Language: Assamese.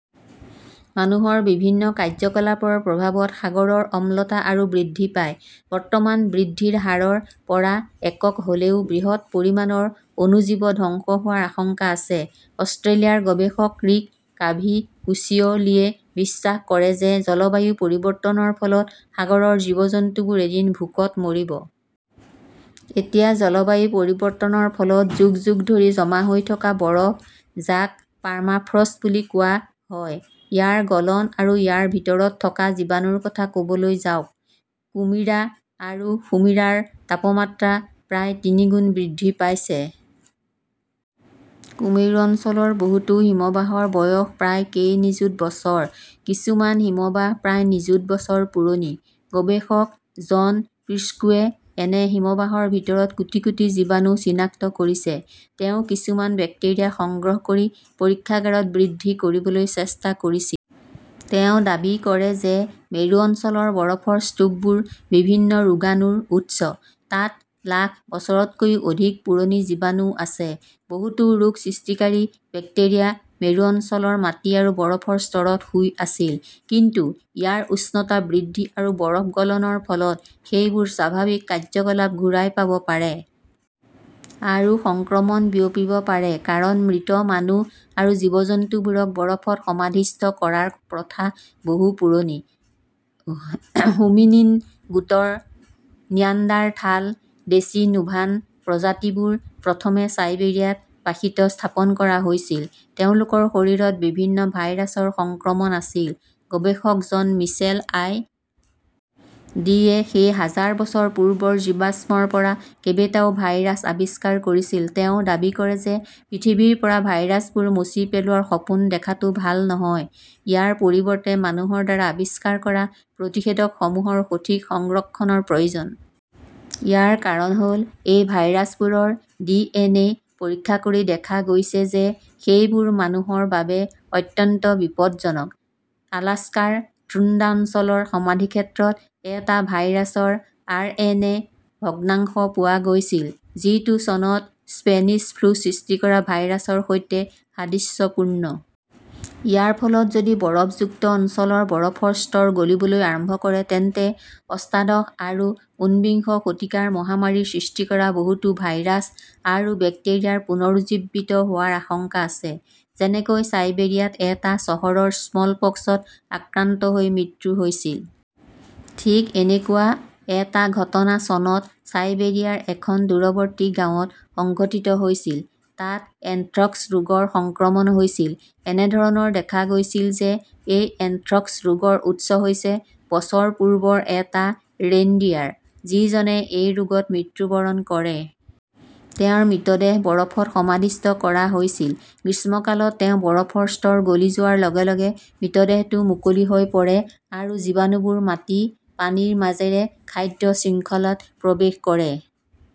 মানুহৰ বিভিন্ন কাৰ্যকলাপৰ প্ৰভাৱত সাগৰৰ অম্লতা আৰু বৃদ্ধি পায়, বৰ্তমান বৃদ্ধিৰ হাৰ ৰ পৰা একক হ 'লেও, বৃহৎ পৰিমাণৰ অণুজীৱ ধ্বংস হোৱাৰ আশংকা আছে। অষ্ট্ৰেলিয়াৰ গৱেষক ৰিক কাভিকোচিঅ 'লীয়ে বিশ্বাস কৰে যে জলবায়ু পৰিৱৰ্তনৰ ফলত সাগৰৰ জীৱ-জন্তুবোৰ এদিন ভোকত মৰিব। এতিয়া জলবায়ু পৰিৱৰ্তনৰ ফলত যুগ-যুগ ধৰি জমা হৈ থকা বৰফ, যাক পাৰ্মাফ্ৰষ্ট বুলি কোৱা হয়, ইয়াৰ গলন আৰু ইয়াৰ ভিতৰত থকা জীৱাণুৰ কথা কবলৈ যাওক। কুমিৰা আৰু সুমিৰাৰ তাপমাত্ৰা প্ৰায় তিনিগুণ বৃদ্ধি পাইছে। কুমেৰু অঞ্চলৰ বহুতো হিমবাহৰ বয়স প্ৰায় কেই নিযুত বছৰ। কিছুমান হিমবাহ প্ৰায় নিযুত বছৰ পুৰণি। গৱেষক জন প্ৰিস্কুৱে এনে হিমবাহৰ ভিতৰত কোটি-কোটি জীৱাণু চিনাক্ত কৰিছে। তেওঁ কিছুমান বেক্টেৰিয়া সংগ্ৰহ কৰি পৰীক্ষাগাৰত বৃদ্ধি কৰিবলৈ চেষ্টা কৰিছিল। তেওঁ দাবী কৰে যে মেৰু অঞ্চলৰ বৰফৰ স্তূপবোৰ বিভিন্ন ৰোগাণুৰ উৎস। তাত লাখ বছৰতকৈও অধিক পুৰণি জীৱাণুও আছে। বহুতো ৰোগ সৃষ্টিকাৰী বেক্টেৰিয়া মেৰু অঞ্চলৰ মাটি আৰু বৰফৰ স্তৰত শুই আছিল। কিন্তু ইয়াৰ উষ্ণতা বৃদ্ধি আৰু বৰফ গলনৰ ফলত সেইবোৰে স্বাভাৱিক কাৰ্য্যকলাপ ঘূৰাই পাব পাৰে। আৰু সংক্ৰমণ বিয়পিব পাৰে। কাৰণ মৃত মানুহ আৰু জীৱ-জন্তুবোৰক বৰফত সমাধিস্থ কৰাৰ প্ৰথা বহু পুৰণি। 'হোমিনিন গোটৰ নিয়াণ্ডাৰথাল, ডেচিনোভান প্ৰজাতিবোৰ প্ৰথমে চাইবেৰিয়াত বাসিত স্থাপন কৰা হৈছিল। তেওঁলোকৰ শৰীৰত বিভিন্ন ভাইৰাছৰ সংক্ৰমণ আছিল। গৱেষক জন মিচেল আই. ডি.-এ সেই হাজাৰ বছৰ পূৰ্বৰ জীৱাশ্মৰ পৰা কেইবাটাও ভাইৰাছ আৱিষ্কাৰ কৰিছিল। তেওঁ দাবী কৰে যে পৃথিৱীৰ পৰা ভাইৰাছবোৰ মচি পেলোৱাৰ সপোন দেখাটো ভাল নহয়। ইয়াৰ পৰিৱৰ্তে মানুহৰ দ্বাৰা আৱিষ্কাৰ কৰা প্ৰতিষেধকসমূহৰ সঠিক সংৰক্ষণৰ প্ৰয়োজন। ইয়াৰ কাৰণ হল এই ভাইৰাছবোৰৰ ডি এন এ পৰীক্ষা কৰি দেখা গৈছে যে সেইবোৰ মানুহৰ বাবে অত্যন্ত বিপজ্জনক। আলাস্কাৰ টুন্দ্ৰা অঞ্চলৰ সমাধিক্ষেত্ৰত এটা ভাইৰাছৰ আৰ. এন. এ. -ৰ ভগ্নাংশ পোৱা গৈছিল। যিটো চনত স্পেনিছ ফ্লু সৃষ্টি কৰা ভাইৰাছৰ সৈতে সাদৃশ্যপূৰ্ণ। ইয়াৰ ফলত যদি বৰফযুক্ত অঞ্চলৰ বৰফৰ স্তৰ গলিবলৈ আৰম্ভ কৰে তেন্তে অষ্টাদশ আৰু ঊনবিংশ শতিকাৰ মহামাৰীৰ সৃষ্টি কৰা বহুতো ভাইৰাছ আৰু বেক্টেৰিয়াৰ পুনৰুজ্জীৱিত হোৱাৰ আশংকা আছে। যেনেকৈ চাইবেৰিয়াত এটা চহৰৰ স্মলপক্সত আক্ৰান্ত হৈ মৃত্যু হৈছিল। ঠিক এনেকুৱা এটা ঘটনা চনত চাইবেৰিয়াৰ এখন দূৰৱৰ্তী গাঁৱত সংঘটিত হৈছিল। তাত এন্থ্ৰক্স ৰোগৰ সংক্ৰমণ হৈছিল। এনে ধৰণৰ দেখা গৈছিল যে এই এন্থ্ৰক্স ৰোগৰ উৎস হৈছে বছৰ পূৰ্বৰ এটা ৰেইনডিয়াৰ। যিজনে এই ৰোগত মৃত্যুবৰণ কৰে। তেওঁৰ মৃতদেহ বৰফত সমাধিস্থ কৰা হৈছিল। গ্ৰীষ্মকালত তেওঁ বৰফৰ স্তৰ গলি যোৱাৰ লগে লগে মৃতদেহটো মুকলি হৈ পৰে আৰু জীৱাণুবোৰ মাটি, পানীৰ মাজেৰে খাদ্য শৃংখলাত প্ৰৱেশ কৰে।